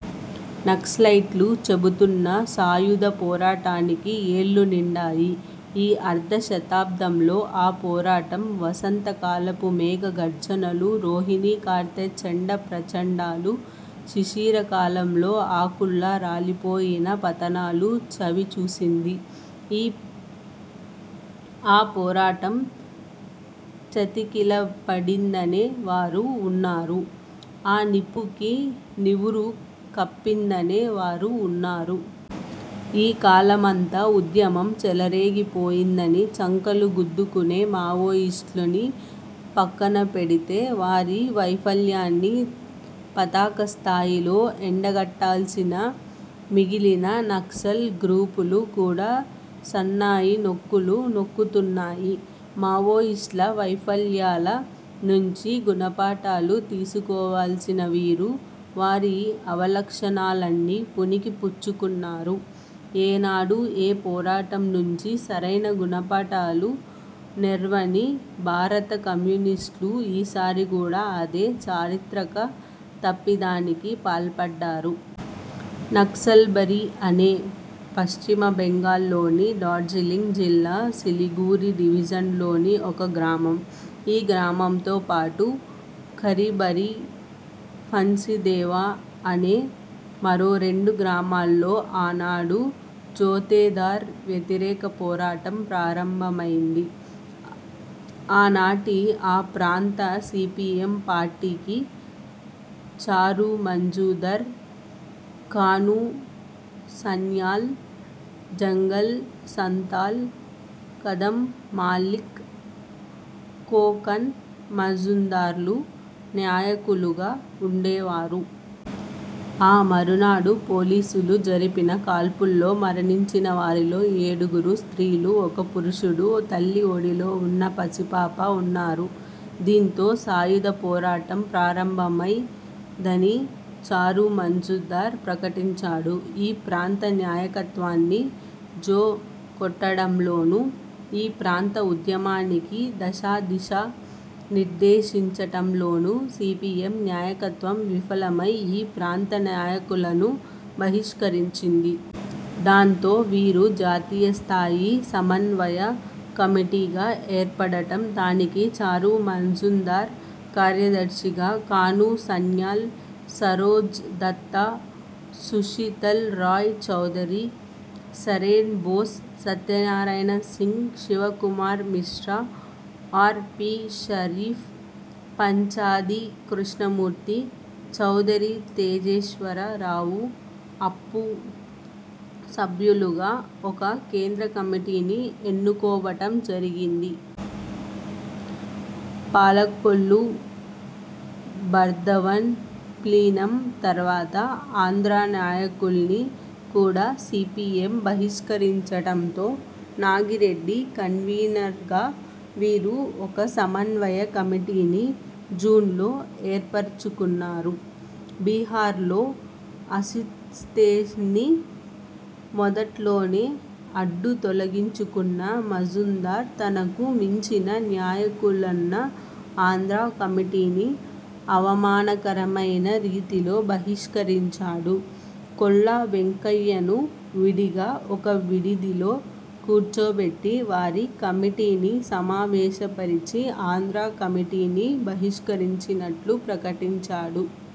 'నక్సలైట్లు' చెబుతున్న సాయుధ పోరాటానికి ఏళ్లు నిండాయి. ఈ అర్ధ శతాబ్దంలో ఆ పోరాటం 'వసంత కాలపు మేఘ గర్జనలు', రోహిణీ కార్తె చండ ప్రచండాలు, శిశిర కాలంలో ఆకుల్లా రాలిపోయిన పతనాలు చవిచూసింది. ఆ పోరాటం చతికిల పడిందనే వారూ వున్నారు. ఆ నిప్పుకి నివురు కప్పిందనే వారూ వున్నారు. ఈ కాలమంతా ఉద్యమం చెలరేగిపోయిందని చంకలు గుద్దుకునే మావోయిస్టుల్ని పక్కనపెడితే వారి వైఫల్యాన్ని పతాక స్థాయిలో ఎండగట్టాల్సిన మిగిలిన నక్సల్ గ్రూపులు కూడా సన్నాయి నొక్కులు నొక్కుతున్నాయి. మావోయిస్టుల వైఫల్యాల నుంచి గుణపాఠాలు తీసుకోవాల్సిన వీరు వారి అవలక్షణాలన్నీ పుణికి పుచ్చుకున్నారు. ఏనాడూ ఏ పోరాటం నుంచి సరైన గుణపాఠాలు నేర్వని భారత కమ్యూనిస్టులు ఈసారి కూడా అదే 'చారిత్రక తప్పిదానికి' పాల్పడ్డారు. 'నక్సల్బరీ' అనేది పశ్చిమ బెంగాల్లోని డార్జిలింగ్ జిల్లా సిలిగురి డివిజన్లోని ఒక గ్రామం. ఈ గ్రామంతో పాటు ఖరిభరి, ఫన్సిదేవ అనే మరో రెండు గ్రామాల్లో ఆనాడు జోతేదార్ వ్యతిరేక పోరాటం ప్రారంభమైంది. ఆనాటి ఆ ప్రాంత సీపీఎం పార్టీకి చారుమజుందార్, కానూ సన్యాల్, జంగల్ సంతాల్, ఖదం మల్లిక్, కోకన్ మజుందార్లు నాయకులుగా వుండేవారు. ఆ మరునాడు పోలీసులు జరిపిన కాల్పుల్లో మరణించిన వారిలో ఏడుగురు స్త్రీలు, ఒక పురుషుడు, తల్లి ఒడిలో వున్న పసిపాప వున్నారు. దీంతో సాయుధ పోరాటం ప్రారంభమైం దని చారుమజుందార్ ప్రకటించాడు. ఈ ప్రాంత నాయకత్వాన్ని జో కొట్టడంలోనూ, ఈ ప్రాంత ఉద్యమానికి దశాదిశా నిర్దేశించటంలోనూ సీపీఎం నాయకత్వం విఫలమై ఈ ప్రాంత నాయకులను బహిష్కరించింది. దాంతో వీరు జాతీయస్థాయి సమన్వయ కమిటీగా ఏర్పడటం దానికి చారు మజుందార్ కార్యదర్శిగా, కానూ సన్యాల్, సరోజ్ దత్తా, సుషితల్ రాయ్ చౌదరి, సౌరేన్ బోస్, సత్యనారాయణ సింగ్, శివకుమార్ మిశ్రా ఆర్. పి. షరీఫ్, పంచాది కృష్ణమూర్తి, చౌదరి తేజేశ్వర రావు, అప్పు సభ్యులుగా ఒక కేంద్రకమిటీని ఎన్నుకోవటం జరిగింది. పాలకొల్లు, బర్ద్వాన్ ప్లీనం తర్వాత ఆంధ్రానాయకుల్ని కూడా సీపీఎం బహిష్కరించటంతో నాగిరెడ్డి కన్వీనర్గా వీరూ ఒక సమన్వయ కమిటీని జూన్లో ఏర్పరచుకున్నారు. బీహార్లో అసిత్సేన్ని మొదట్లోనే అడ్డు తొలగించుకున్న మజుందార్ తనకు మించిన నాయకులున్న ఆంధ్రా కమిటీని అవమానకరమైన రీతిలో బహిష్కరించాడు. కొల్లా వెంకయ్యను విడిగా ఒక విడిదిలో కూర్చోబెట్టి వారి కమిటీని సమావేశపరిచి ఆంధ్రా కమిటీని బహిష్కరించినట్లు ప్రకటించాడు.